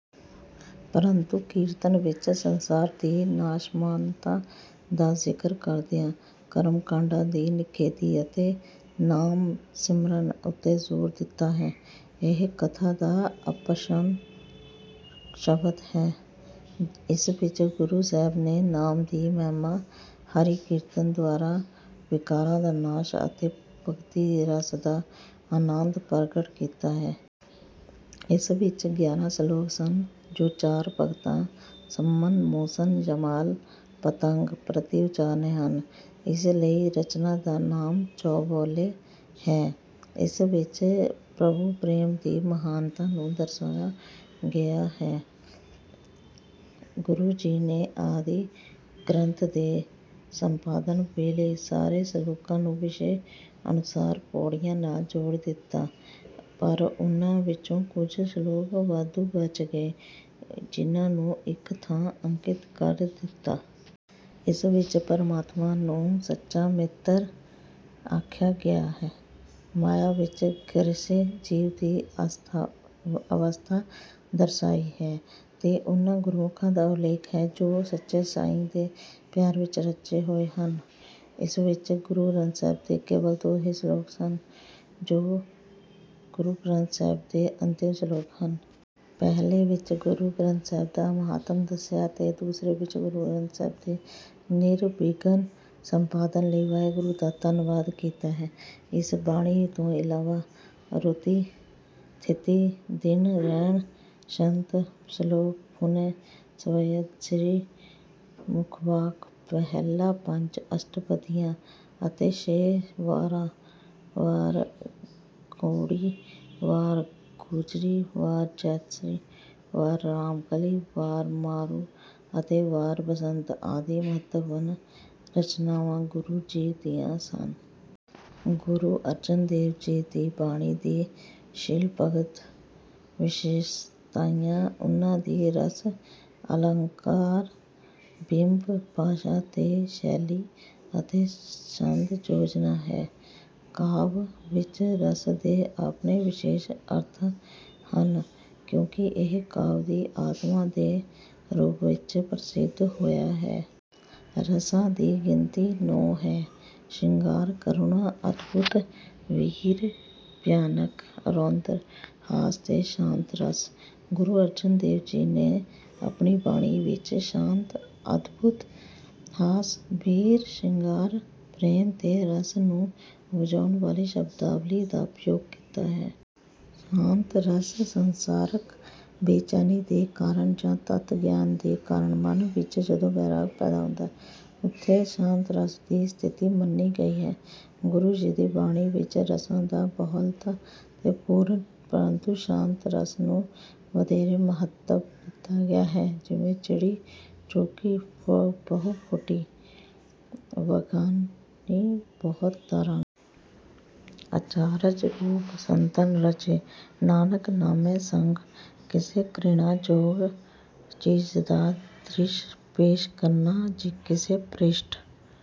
ਪਰੰਤੂ ਕੀਰਤਨ ਵਿੱਚ ਸੰਸਾਰ ਦੀ ਨਾਸ਼ਮਾਨਤਾ ਦਾ ਜ਼ਿਕਰ ਕਰਦਿਆਂ ਕਰਮ ਕਾਂਡਾਂ ਦੀ ਨਿਖੇਧੀ ਅਤੇ ਨਾਮ ਸਿਮਰਨ ਉੱਤੇ ਜ਼ੋਰ ਦਿੱਤਾ ਹੈ। ਇਹ ਕਥਾ ਦਾ ਅਪਭ੍ਰੰਸ਼ ਸ਼ਬਦ ਹੈ। ਇਸ ਵਿੱਚ ਗੁਰੂ ਸਾਹਿਬ ਨੇ ਨਾਮ ਦੀ ਮਹਿਮਾ ਹਰੀ ਕੀਰਤਨ ਦੁਆਰਾ ਵਿਕਾਰਾਂ ਦਾ ਨਾਸ਼ ਅਤੇ ਭਗਤੀ ਰਸ ਦਾ ਆਨੰਦ ਪ੍ਰਗਟ ਕੀਤਾ ਹੈ। ਇਸ ਵਿੱਚ ਗਿਆਰਾਂ ਸਲੋਕ ਹਨ, ਜੋ ਚਾਰ ਭਗਤਾਂ ਸੰਮਨ, ਮੂਸਨ, ਜਮਾਲ, ਪਤੰਗ ਪ੍ਰਤੀ ਉਚਾਰੇ ਹਨ। ਇਸ ਲਈ ਰਚਨਾ ਦਾ ਨਾਮ ਚਉਬੋਲੇ ਹੈ। ਇਸ ਵਿੱਚ ਪ੍ਰਭੂ ਪ੍ਰੇਮ ਦੀ ਮਹਾਨਤਾ ਨੂੰ ਦਰਸਾਇਆ ਗਿਆ ਹੈ। ਗੁਰੂ ਜੀ ਨੇ ਆਦਿ ਗ੍ਰੰਥ ਦੇ ਸੰਪਾਦਨ ਵੇਲੇ ਸਾਰੇ ਸਲੋਕਾਂ ਨੂੰ ਵਿਸ਼ੇ ਅਨੁਸਾਰ ਪੌੜੀਆਂ ਨਾਲ ਜੋੜ ਦਿੱਤਾ, ਪਰ ਉਨ੍ਹਾਂ ਵਿੱਚੋਂ ਕੁਝ ਸਲੋਕ ਵਾਧੂ ਬਚ ਗਏ, ਜਿਹਨਾਂ ਨੂੰ ਇੱਕ ਥਾਂ ਅੰਕਿਤ ਕਰ ਦਿੱਤਾ। ਇਸ ਵਿੱਚ ਪਰਮਾਤਮਾ ਨੂੰ ਸੱਚਾ ਮਿੱਤਰ ਆਖਿਆ ਗਿਆ ਹੈ। ਮਾਇਆ ਵਿੱਚ ਗ੍ਰਸੇ ਜੀਵ ਦੀ ਅਵਸਥਾ ਦਰਸਾਈ ਹੈ ਤੇ ਉਨ੍ਹਾਂ ਗੁਰਮੁਖਾਂ ਦਾ ਉਲੇਖ ਹੈ, ਜੋ ਸੱਚੇ ਸਾਈਂ ਦੇ ਪਿਆਰ ਵਿੱਚ ਰਚੇ ਹੋਏ ਹਨ। ਇਸ ਵਿੱਚ ਗੁਰੂ ਸਾਹਿਬ ਦੇ ਕੇਵਲ ਦੋ ਸਲੋਕ ਹੀ ਸ਼ਾਮਿਲ ਹਨ ਜੋ ਗੁਰੂ ਗ੍ਰੰਥ ਸਾਹਿਬ ਦੇ ਅੰਤਿਮ ਸਲੋਕ ਹਨ। ਪਹਿਲੇ ਵਿੱਚ ਗੁਰੂ ਗ੍ਰੰਥ ਸਾਹਿਬ ਦਾ ਮਹਾਤਮ ਦੱਸਿਆ ਹੈ ਤੇ ਦੂਸਰੇ ਵਿੱਚ ਗੁਰੂ ਗ੍ਰੰਥ ਸਾਹਿਬ ਦੇ ਨਿਰਵਿਘਨ ਸੰਪਾਦਨ ਲਈ ਵਾਹਿਗੁਰੂ ਦਾ ਧੰਨਵਾਦ ਕੀਤਾ ਹੈ। ਇਸ ਬਾਣੀ ਤੋਂ ਇਲਾਵਾ ਰੁਤੀ, ਥਿਤੀ, ਦਿਨ ਰੈਣਿ, ਛੰਤ, ਸਲੋਕ ਫੁਨਹੇ, ਸਵਯੇ ਸ੍ਰੀ ਮੁਖਵਾਕ ਮਹਲਾ ਪੰਜ, ਅਸ਼ਟਪਦੀਆਂ ਅਤੇ ਛੇ ਵਾਰਾਂ ਵਾਰ ਗਉੜੀ, ਵਾਰ ਗੂਜਰੀ, ਵਾਰ ਜੈਤਸਰੀ, ਵਾਰ ਰਾਮਕਲੀ, ਵਾਰ ਮਾਰੂ ਅਤੇ ਵਾਰ ਬਸੰਤ ਆਦਿ ਮਹੱਤਵਪੂਰਨ ਰਚਨਾਵਾਂ ਗੁਰੂ ਜੀ ਦੀਆਂ ਹਨ। ਗੁਰੂ ਅਰਜਨ ਦੇਵ ਜੀ ਦੀ ਬਾਣੀ ਦੀ ਸ਼ਿਲਪਗਤ ਵਿਸ਼ੇਸਤਾਈਆਂ ਉਨ੍ਹਾਂ ਦੀ ਰਸ, ਅਲੰਕਾਰ, ਬਿੰਬ, ਭਾਸ਼ਾ ਤੇ ਸ਼ੈਲੀ ਅਤੇ ਛੰਦ ਯੋਜਨਾ ਹੈ। ਕਾਵਿ ਵਿੱਚ ਰਸ ਦੇ ਆਪਣੇ ਵਿਸ਼ੇਸ਼ ਅਰਥ ਹਨ, ਕਿਉਂਕਿ ਇਹ ਕਾਵਿ ਦੀ ਆਤਮਾ ਦੇ ਰੂਪ ਵਿੱਚ ਪ੍ਰਸਿੱਧ ਹੋਇਆ ਹੈ। ਰਸਾਂ ਦੀ ਗਿਣਤੀ ਨੌਂ ਹੈ। ਸ਼ਿੰਗਾਰ, ਕਰੁਣਾ, ਅਦਭੁਤ, ਬੀਰ, ਭਿਆਨਕ, ਰੌਦਰ, ਹਾਸ ਤੇ ਸ਼ਾਂਤ ਰਸ। ਗੁਰੂ ਅਰਜਨ ਦੇਵ ਜੀ ਨੇ ਆਪਣੀ ਬਾਣੀ ਵਿੱਚ ਸ਼ਾਂਤ, ਅਦਭੁਤ, ਹਾਸ, ਬੀਰ, ਸ਼ਿੰਗਾਰ, ਪ੍ਰੇਮ ਤੇ ਰਸ ਨੂੰ ਉਪਜਾਉਣ ਵਾਲੀ ਸ਼ਬਦਾਵਲੀ ਦਾ ਪ੍ਰਯੋਗ ਕੀਤਾ ਹੈ। ਸ਼ਾਂਤ ਰਸ ਸੰਸਾਰਕ ਬੇਚੈਨੀ ਦੇ ਕਾਰਨ ਜਾਂ ਤੱਤ ਗਿਆਨ ਦੇ ਕਾਰਨ ਮਨ ਵਿੱਚ ਜਦੋਂ ਵੈਰਾਗ ਪੈਦਾ ਹੁੰਦਾ ਹੈ, ਉੱਥੇ ਸ਼ਾਂਤ ਰਸ ਦੀ ਸਥਿਤੀ ਮੰਨੀ ਗਈ ਹੈ। ਗੁਰੂ ਜੀ ਦੀ ਬਾਣੀ ਵਿੱਚ ਰਸਾਂ ਦੀ ਬਹੁਲਤਾ ਹੈ ਪਰੰਤੂ ਸ਼ਾਂਤ ਰਸ ਨੂੰ ਵਧੇਰੇ ਮਹੱਤਵ ਦਿੱਤਾ ਗਿਆ ਹੈ ਜਿਵੇਂ: ਚਿੜੀ ਚੂਹਕੀ ਪਹੁ ਫਟੀ ਵਗਨਿ ਬਹੁਤ ਤਰੰਗ। ਅਚਾਰਜ ਰੂਪ ਸੰਤਨ ਰਚੇ ਨਾਨਕ ਨਾਮਹਿ ਸੰਗ। ਕਿਸੇ ਘ੍ਰਿਣਾ ਯੋਗ ਚੀਜ਼ ਦਾ ਦ੍ਰਿਸ਼ ਪੇਸ਼ ਕਰਨਾ, ਕਿਸੇ ਭ੍ਰਿਸ਼ਟ